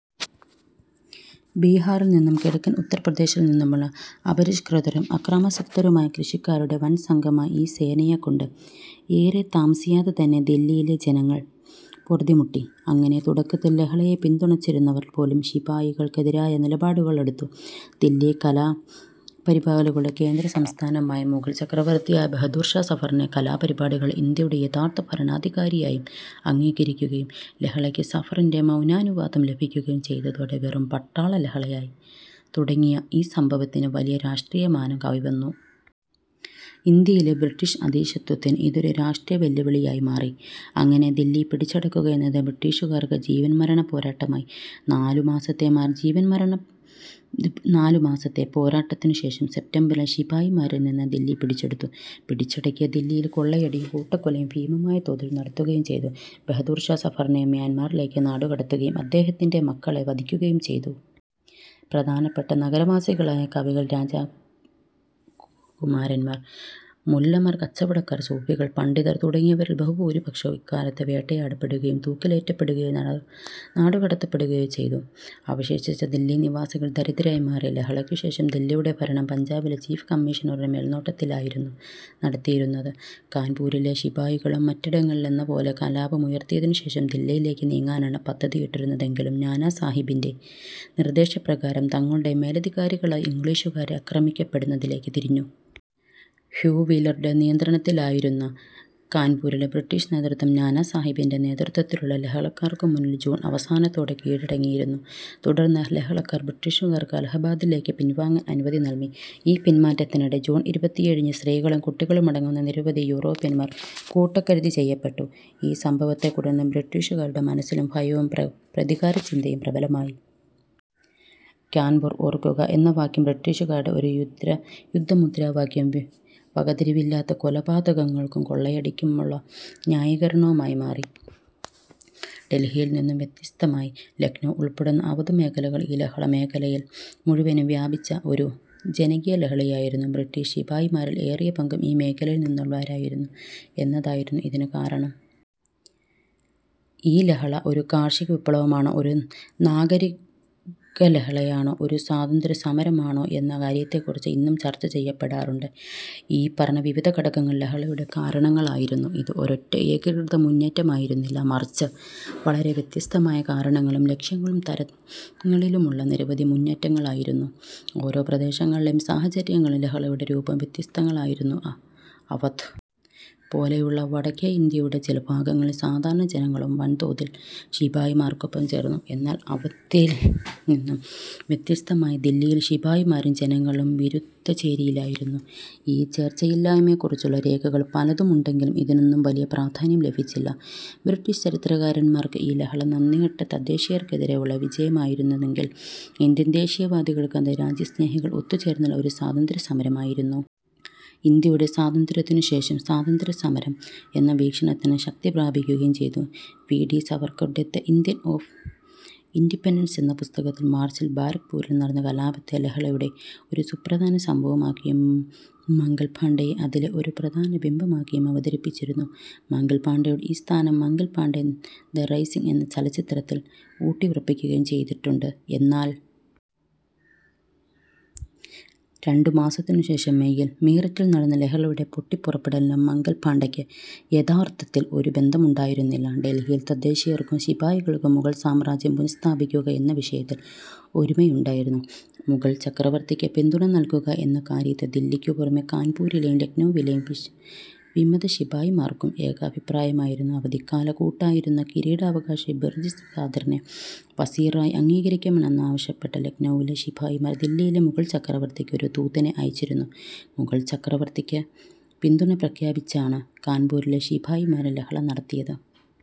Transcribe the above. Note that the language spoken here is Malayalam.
ബിഹാറിൽ നിന്നും കിഴക്കൻ ഉത്തർപ്രദേശിൽനിന്നുമുള്ള അപരിഷ്കൃതരും അക്രമാസക്തരുമായ കൃഷിക്കാരുടെ വൻസംഘമായ ഈ സേനയെക്കൊണ്ട് ഏറെ താമസിയാതെതന്നെ ദില്ലിയിലെ ജനങ്ങൾ പൊറുതിമുട്ടി. അങ്ങനെ തുടക്കത്തിൽ ലഹളയെ പിന്തുണച്ചിരുന്നവർ പോലും ശിപായികൾക്കെതിരായ നിലപാടുകളെടുത്തു. ദില്ലി കലാപകാരികളുടെ കേന്ദ്രസ്ഥാനമായും മുഗൾ ചക്രവർത്തിയായ ബഹദൂർഷാ സഫറിനെ കലാപകാരികൾ ഇന്ത്യയുടെ യഥാർത്ഥ ഭരണാധികാരിയായും അംഗീകരിക്കുകയും ലഹളക്ക് സഫറിൻ്റെ മൗനാനുവാദം ലഭിക്കുകയും ചെയ്തതോടെ വെറും പട്ടാളലഹളയായി തുടങ്ങിയ ഈ സംഭവത്തിന് വലിയ രാഷ്ട്രീയമാനം കൈവന്നു. ഇന്ത്യയിലെ ബ്രിട്ടീഷ് അധീശത്വത്തിന് ഇതൊരു രാഷ്ട്രീയവെല്ലുവിളിയായി മാറി. അങ്ങനെ, ദില്ലി പിടിച്ചടക്കുക എന്നത് ബ്രിട്ടീഷുകാർക്ക് ജീവൻമരണപ്പോരാട്ടമായി. നാലുമാസത്തെ പോരാട്ടത്തിനു ശേഷം സെപ്റ്റംബറിൽ ശിപായിമാരിൽനിന്ന് ദില്ലി പിടിച്ചെടുത്തു. പിടിച്ചടക്കിയ ദില്ലിയിൽ കൊള്ളയടിയും കൂട്ടക്കൊലയും ഭീമമായ തോതിൽ നടത്തുകയും ചെയ്തു. ബഹാദൂർഷാ സഫറിനെ മ്യാൻമറിലേക്ക് നാടുകടത്തുകയും അദ്ദേഹത്തിൻ്റെ മക്കളെ വധിക്കുകയും ചെയ്തു. പ്രധാനപ്പെട്ട നഗരവാസികളായ കവികൾ, രാജകുമാരന്മാർ, മുല്ലമാർ, കച്ചവടക്കാർ, സൂഫികൾ, പണ്ഡിതർ തുടങ്ങിയവരിൽ ബഹുഭൂരിപക്ഷവും ഇക്കാലത്ത് വേട്ടയാടപ്പെടുകയും തൂക്കിലേറ്റപ്പെടുകയോ നാടുകടത്തപ്പെടുകയോ ചെയ്തു. അവശേഷിച്ച ദില്ലി നിവാസികൾ ദരിദ്രരായി മാറി. ലഹളയ്ക്കുശേഷം ദില്ലിയുടെ ഭരണം പഞ്ചാബിലെ ചീഫ് കമ്മീഷണറുടെ മേൽനോട്ടത്തിലായിരുന്നു നടത്തിയിരുന്നത്. കാൻപൂരിലെ ശിപായികളും മറ്റിടങ്ങളിലെന്നപോലെ കലാപമുയർത്തിയതിനുശേഷം ദില്ലിയിലേക്ക് നീങ്ങാനാണ് പദ്ധതിയിട്ടിരുന്നതെങ്കിലും, നാനാസാഹിബിൻ്റെ നിർദ്ദേശപ്രകാരം തങ്ങളുടെ മേലധികാരികളായ ഇംഗ്ലീഷുകാരെ ആക്രമിക്കുന്നതിലേക്ക് തിരിഞ്ഞു. ഹ്യൂ വീലറുടെ നിയന്ത്രണത്തിലായിരുന്ന കാൻപൂരിലെ ബ്രിട്ടീഷ് നേതൃത്വം, നാനാസാഹിബിൻ്റെ നേതൃത്വത്തിലുള്ള ലഹളക്കാർക്കുമുമ്പിൽ ജൂൺ അവസാനത്തോടെ കീഴടങ്ങിയിരുന്നു. തുടർന്ന് ലഹളക്കാർ ബ്രിട്ടീഷുകാർക്ക് അലഹബാദിലേക്ക് പിൻവാങ്ങാൻ അനുമതി നൽകി. ഈ പിൻമാറ്റത്തിനിടെ ജൂൺ ഇരുപത്തിയേഴിന് സ്ത്രീകളും കുട്ടികളുമടങ്ങുന്ന നിരവധി യൂറോപ്യന്മാർ കൂട്ടക്കുരുതി ചെയ്യപ്പെട്ടു.ഈ സംഭവത്തെത്തുടർന്ന് ബ്രിട്ടീഷുകാരുടെ മനസ്സിലും ഭയവും പ്രതികാരചിന്തയും പ്രബലമായി. കാൻപൂർ ഓർക്കുക എന്ന വാക്യം ബ്രിട്ടീഷുകാരുടെ ഒരു യുദ്ധമുദ്രാവാക്യവും, വകതിരിവില്ലാത്ത കൊലപാതകങ്ങൾക്കും കൊള്ളയടിക്കുമുള്ള ന്യായീകരണവുമായി മാറി. ഡൽഹിയിൽ നിന്നും വ്യത്യസ്തമായി, ലക്നൗ ഉൾപ്പെടുന്ന അവധ് മേഖലയിൽ ഈ ലഹള മേഖലയിൽ മുഴുവനും വ്യാപിച്ച ഒരു ജനകീയലഹളയായിരുന്നു. ബ്രിട്ടീഷ് ശിപായിമാരിൽ ഏറിയ പങ്കും ഈ മേഖലയിൽനിന്നുള്ളവരായിരുന്നു എന്നതായിരുന്നു ഇതിന് കാരണം. ഈ ലഹള ഒരു കാർഷികവിപ്ലവമാണോ, ഒരു നാഗരികലഹളയാണോ, ഒരു സ്വാതന്ത്ര്യ സമരമാണോ എന്ന കാര്യത്തെക്കുറിച്ച് ഇന്നും ചർച്ച ചെയ്യപ്പെടാറുണ്ട്. ഈ പറഞ്ഞ വിവിധ ഘടകങ്ങൾ ലഹളയുടെ കാരണങ്ങളായിരുന്നു. ഇത് ഒരൊറ്റ ഏകീകൃത മുന്നേറ്റമായിരുന്നില്ല, മറിച്ച് വളരെ വ്യത്യസ്തമായ കാരണങ്ങളും ലക്ഷ്യങ്ങളും തരങ്ങളിലുമുള്ള നിരവധി മുന്നേറ്റങ്ങളായിരുന്നു. ഓരോ പ്രദേശങ്ങളിലെയും സാഹചര്യങ്ങളും ലഹളയുടെ രൂപവും വ്യത്യസ്തങ്ങളായിരുന്നു. അവധ് പോലെയുള്ള വടക്കേയിന്ത്യയുടെ ചില ഭാഗങ്ങളിൽ സാധാരണ ജനങ്ങളും വൻതോതിൽ ശിപായിമാർക്കൊപ്പം ചേർന്നു. എന്നാൽ അവധിൽനിന്ന് വ്യത്യസ്തമായി ദില്ലിയിൽ ശിപായിമാരും ജനങ്ങളും വിരുദ്ധചേരിയിലായിരുന്നു. ഈ ചേർച്ചയില്ലായ്മയെക്കുറിച്ചുള്ള രേഖകൾ പലതുമുണ്ടെങ്കിലും ഇതിനൊന്നും വലിയ പ്രാധാന്യം ലഭിച്ചിട്ടില്ല. ബ്രിട്ടീഷ് ചരിത്രകാരന്മാർക്ക് ഈ ലഹള നന്ദികെട്ട തദ്ദേശീയർക്കെതിരെയുള്ള വിജയമായിരുന്നെങ്കിൽ, ഇന്ത്യൻ ദേശീയവാദികൾക്ക് അത് രാജ്യസ്നേഹികൾ ഒത്തുചേർന്നുള്ള ഒരു സ്വാതന്ത്ര്യസമരമായിരുന്നു. ഇന്ത്യയുടെ സ്വാതന്ത്ര്യത്തിനുശേഷം സ്വാതന്ത്ര്യസമരം എന്ന വീക്ഷണത്തിന് ശക്തിപ്രാപിക്കുകയും ചെയ്തു. വി ഡി സവർക്കറുടെ the Indian war of independence എന്ന പുസ്തകത്തിൽ മാർച്ചിൽ ബാരക്ക്പൂരിൽ നടന്ന കലാപത്തെ ലഹളയുടെ ഒരു സുപ്രധാന സംഭവമാക്കിയും മംഗൽ പാണ്ഡെയെ അതിലെ ഒരു പ്രധാന ബിംബമാക്കിയും അവതരിപ്പിച്ചിരുന്നു. മംഗൽ പാണ്ഡെയുടെ ഈ സ്ഥാനം മംഗൽ പാണ്ഡെ ദ റൈസിങ് എന്ന ചലച്ചിത്രത്തിൽ ഊട്ടിയുറപ്പിക്കുകയും ചെയ്തിട്ടുണ്ട്. എന്നാൽ രണ്ടു മാസത്തിനുശേഷം മേയിൽ മീററ്റിൽ നടന്ന ലഹളയുടെ പൊട്ടിപ്പുറപ്പെടലിന് മംഗൽ പാണ്ഡെയ്ക്ക് യഥാർത്ഥത്തിൽ ഒരു ബന്ധവുമുണ്ടായിരുന്നില്ല. ഡെൽഹിയിൽ തദ്ദേശീയർക്കും ശിപായികൾക്കും മുഗൾ സാമ്രാജ്യം പുനഃസ്ഥാപിക്കുക എന്ന വിഷയത്തിൽ ഒരുമയുണ്ടായിരുന്നു. മുഗൾ ചക്രവർത്തിക്ക് പിന്തുണ നൽകുക എന്ന കാര്യത്തിൽ ദില്ലിക്കുപുറമേ കാൻപൂരിലെയും ലക്നൗവിലെയും വിമതശിപായിമാർക്കും ഏകാഭിപ്രായമായിരുന്നു. അവധിലെ കുട്ടിയായിരുന്ന കിരീടാവകാശി ബിർജിസ് ഖാദിറിനെ വസീറായി അംഗീകരിക്കണമെന്നാവശ്യപ്പെട്ട് ലക്നൗവിലെ ശിപായിമാർ ദില്ലിയിലെ മുഗൾ ചക്രവർത്തിക്ക് ഒരു ദൂതനെ അയച്ചിരുന്നു. മുഗൾ ചക്രവർത്തിക്ക് പിന്തുണ പ്രഖ്യാപിച്ചാണ് കാൻപൂരിലെ ശിപായിമാരും ലഹള നടത്തിയത്.